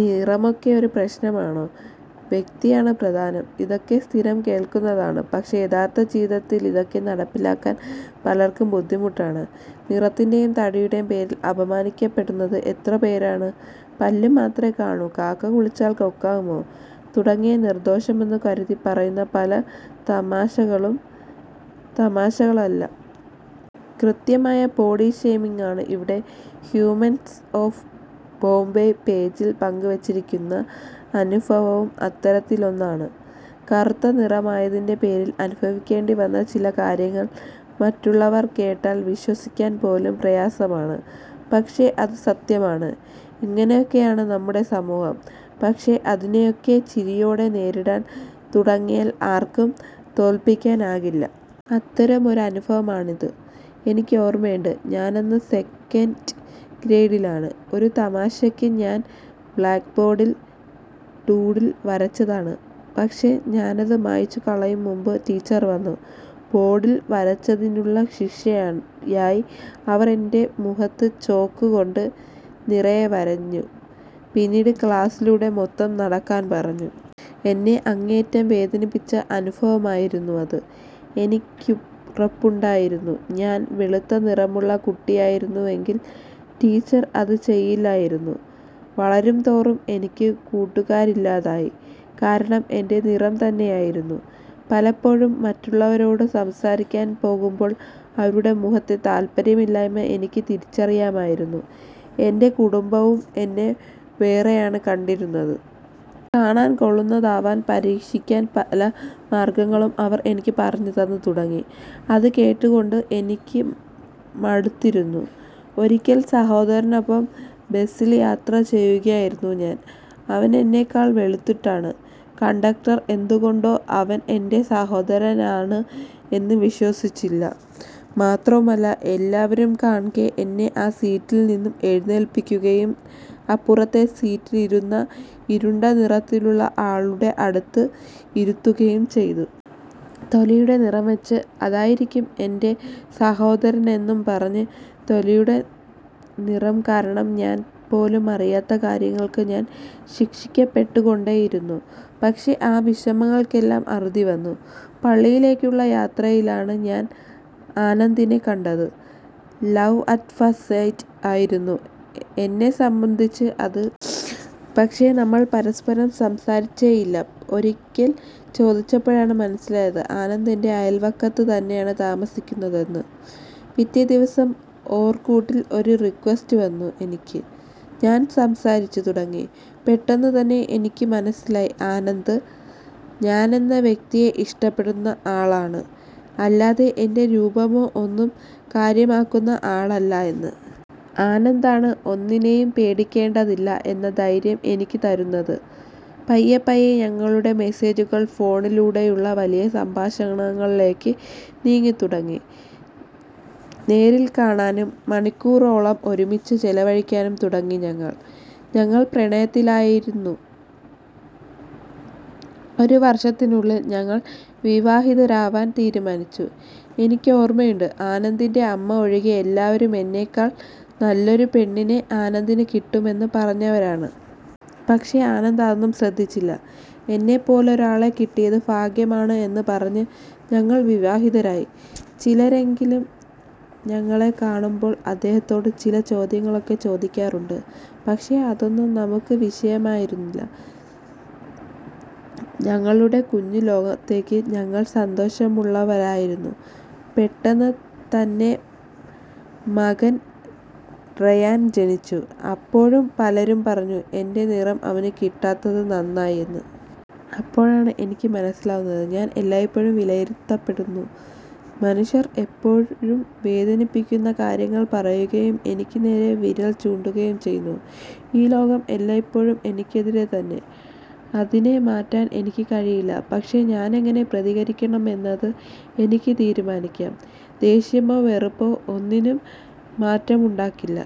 നിറമൊക്കെ ഒരു പ്രശ്നമാണോ? വ്യക്തിയാണ് പ്രധാനം. ഇതൊക്കെ സ്ഥിരം കേൾക്കുന്നതാണ്. പക്ഷേ യഥാർഥ ജീവിതത്തിൽ ഇതൊക്കെ നടപ്പിലാക്കാൻ പലർക്കും ബുദ്ധിമുട്ടാണ്. നിറത്തിൻ്റെയും തടിയുടെയും പേരിൽ അപമാനിക്കപ്പെടുന്നത് എത്ര പേരാണ്? പല്ല് മാത്രമേ കാണൂ, കാക്ക കുളിച്ചാൽ കൊക്കാകുമോ തുടങ്ങി നിർദോഷമെന്ന് കരുതി പറയുന്ന പല തമാശകളും തമാശകളല്ല. കൃത്യമായ ബോഡി ഷേമിങ്ങാണ്. ഇവിടെ ഹ്യൂമൻസ് ഓഫ് ബോംബെ പേജിൽ പങ്കുവെച്ചിരിക്കുന്ന അനുഭവവും അത്തരത്തിലൊന്നാണ്. കറുത്ത നിറമായതിൻ്റെ പേരിൽ അനുഭവിക്കേണ്ടി വന്ന ചില കാര്യങ്ങൾ മറ്റുള്ളവർ കേട്ടാൽ വിശ്വസിക്കാൻ പോലും പ്രയാസമാണ്. പക്ഷേ അത് സത്യമാണ്. ഇങ്ങനെയൊക്കെയാണ് നമ്മുടെ സമൂഹം. പക്ഷേ അതിനെയൊക്കെ ചിരിയോടെ നേരിടാൻ തുടങ്ങിയാൽ ആർക്കും തോൽപ്പിക്കാനാകില്ല. അത്തരം ഒരു അനുഭവമാണിത്. എനിക്കോർമയുണ്ട്. ഞാനന്ന് സെക്കൻഡ് ഗ്രേഡിലാണ്. ഒരു തമാശയ്ക്ക് ഞാൻ ബ്ലാക്ക്ബോർഡിൽ ഡൂഡിൽ വരച്ചതാണ്. പക്ഷേ ഞാനത് മായ്ച്ചുകളയും മുമ്പ് ടീച്ചർ വന്നു. ബോർഡിൽ വരച്ചതിനുള്ള ശിക്ഷയായി അവർ എൻ്റെ മുഖത്ത് ചോക്ക് കൊണ്ട് നിറയെ വരഞ്ഞു. പിന്നെ ക്ലാസിലൂടെ മൊത്തം നടക്കാൻ പറഞ്ഞു. എന്നെ അങ്ങേയറ്റം വേദനിപ്പിച്ച അനുഭവമായിരുന്നു അത്. എനിക്കുറപ്പുണ്ടായിരുന്നു ഞാൻ വെളുത്ത നിറമുള്ള കുട്ടിയായിരുന്നുവെങ്കിൽ ടീച്ചർ അത് ചെയ്യില്ലായിരുന്നു. വളരുന്തോറും എനിക്ക് കൂട്ടുകാരില്ലാതായി. കാരണം എൻ്റെ നിറം തന്നെയായിരുന്നു. പലപ്പോഴും മറ്റുള്ളവരോട് സംസാരിക്കാൻ പോകുമ്പോൾ അവരുടെ മുഖത്തെ താൽപര്യമില്ലായ്മ എനിക്ക് തിരിച്ചറിയാമായിരുന്നു. എൻ്റെ കുടുംബവും എന്നെ വേറെയാണ് കണ്ടിരുന്നത്. കാണാൻ കൊള്ളുന്നതാവാൻ പരീക്ഷിക്കാൻ പല മാർഗങ്ങളും അവർ എനിക്ക് പറഞ്ഞുതന്ന് തുടങ്ങി. അത് കേട്ടുകേട്ട് എനിക്ക് മടുത്തിരുന്നു. ഒരിക്കൽ സഹോദരനൊപ്പം ബസിൽ യാത്ര ചെയ്യുകയായിരുന്നു ഞാൻ. അവനെന്നെക്കാൾ വെളുത്തിട്ടായിരുന്നു. കണ്ടക്ടർ എന്തുകൊണ്ടോ അവൻ എൻ്റെ സഹോദരനാണ് എന്ന് വിശ്വസിച്ചില്ല. മാത്രവുമല്ല എല്ലാവരും കാൺകെ എന്നെ ആ സീറ്റിൽ നിന്ന് എഴുന്നേൽപ്പിക്കുകയും അപ്പുറത്തെ സീറ്റിലിരുന്ന ഇരുണ്ട നിറത്തിലുള്ള ആളുടെ അടുത്ത് ഇരുത്തുകയും ചെയ്തു. തൊലിയുടെ നിറം വെച്ച് അതായിരിക്കും എൻ്റെ സഹോദരനെന്നും പറഞ്ഞു. തൊലിയുടെ നിറം കാരണം ഞാൻ പോലും അറിയാത്ത കാര്യങ്ങൾക്ക് ഞാൻ ശിക്ഷിക്കപ്പെട്ടുകൊണ്ടേയിരുന്നു. പക്ഷേ ആ വിഷമങ്ങൾക്കെല്ലാം അറുതി വന്നു. പള്ളിയിലേക്കുള്ള യാത്രയിലാണ് ഞാൻ ആനന്ദിനെ കണ്ടത്. ലവ് അറ്റ് ഫസ്റ്റ് സൈറ്റ് ആയിരുന്നു എന്നെ സംബന്ധിച്ച് അത്. പക്ഷേ നമ്മൾ പരസ്പരം സംസാരിച്ചേയില്ല. ഒരിക്കൽ ചോദിച്ചപ്പോഴാണ് മനസ്സിലായത് ആനന്ദ് എൻ്റെ അയൽവക്കത്ത് തന്നെയാണ് താമസിക്കുന്നത് എന്ന്. പിറ്റേദിവസം ഓർക്കൂട്ടിൽ ഒരു റിക്വസ്റ്റ് വന്നു എനിക്ക്. ഞങ്ങൾ സംസാരിച്ചു തുടങ്ങി. പെട്ടെന്ന് തന്നെ എനിക്ക് മനസ്സിലായി ആനന്ദ് ഞാനെന്ന വ്യക്തിയെ ഇഷ്ടപ്പെടുന്ന ആളാണ്. അല്ലാതെ എൻ്റെ രൂപമോ ഒന്നും കാര്യമാക്കുന്ന ആളല്ല എന്ന്. ആനന്ദാണ് ഒന്നിനെയും പേടിക്കേണ്ടതില്ല എന്ന ധൈര്യം എനിക്ക് തരുന്നത്. പയ്യപ്പയ്യെ ഞങ്ങളുടെ മെസേജുകൾ ഫോണിലൂടെയുള്ള വലിയ സംഭാഷണങ്ങളിലേക്ക് നീണ്ടുതുടങ്ങി. നേരിൽ കാണാനും മണിക്കൂറുകളോളം ഒരുമിച്ച് ചെലവഴിക്കാനും തുടങ്ങി ഞങ്ങൾ. ഞങ്ങൾ പ്രണയത്തിലായിരുന്നു. ഒരു വർഷത്തിനുള്ളിൽ ഞങ്ങൾ വിവാഹിതരാവാൻ തീരുമാനിച്ചു. എനിക്കോർമയുണ്ട്. ആനന്ദിൻ്റെ അമ്മ ഒഴികെ എല്ലാവരും എന്നേക്കാൾ നല്ലൊരു പെണ്ണിനെ ആനന്ദിന് കിട്ടും എന്ന് പറഞ്ഞവരാണ്. പക്ഷേ ആനന്ദ് അതൊന്നും ശ്രദ്ധിച്ചില്ല. എന്നെപ്പോലൊരാളെ കിട്ടിയത് ഭാഗ്യമാണ് എന്ന് പറഞ്ഞു. ഞങ്ങൾ വിവാഹിതരായി. ചിലരെങ്കിലും ഞങ്ങളെ കാണുമ്പോൾ അദ്ദേഹത്തോട് ചില ചോദ്യങ്ങളൊക്കെ ചോദിക്കാറുണ്ട്. പക്ഷേ അതൊന്നും നമുക്ക് വിഷയമായിരുന്നില്ല. ഞങ്ങളുടെ കുഞ്ഞുലോകത്ത് ഞങ്ങൾ സന്തോഷമുള്ളവരായിരുന്നു. പെട്ടെന്ന് തന്നെ മകൻ റയാൻ ജനിച്ചു. അപ്പോഴും പലരും പറഞ്ഞു എൻ്റെ നിറം അവന് കിട്ടാത്തത് നന്നായി എന്ന്. അപ്പോഴാണ് എനിക്ക് മനസ്സിലാവുന്നത് ഞാൻ എല്ലായ്പ്പോഴും വിലയിരുത്തപ്പെടുന്നു, മനുഷ്യർ എപ്പോഴും വേദനിപ്പിക്കുന്ന കാര്യങ്ങൾ പറയുകയും എനിക്ക് നേരെ വിരൽ ചൂണ്ടുകയും ചെയ്യുന്നു.ഈ ലോകം എല്ലായ്പ്പോഴും എനിക്കെതിരെ തന്നെ. അതിനെ മാറ്റാൻ എനിക്ക് കഴിയില്ല. പക്ഷേ ഞാനെങ്ങനെ പ്രതികരിക്കണം എന്നത് എനിക്ക് തീരുമാനിക്കാം. ദേഷ്യമോ വെറുപ്പോ ഒന്നിനും മാറ്റമുണ്ടാക്കില്ല.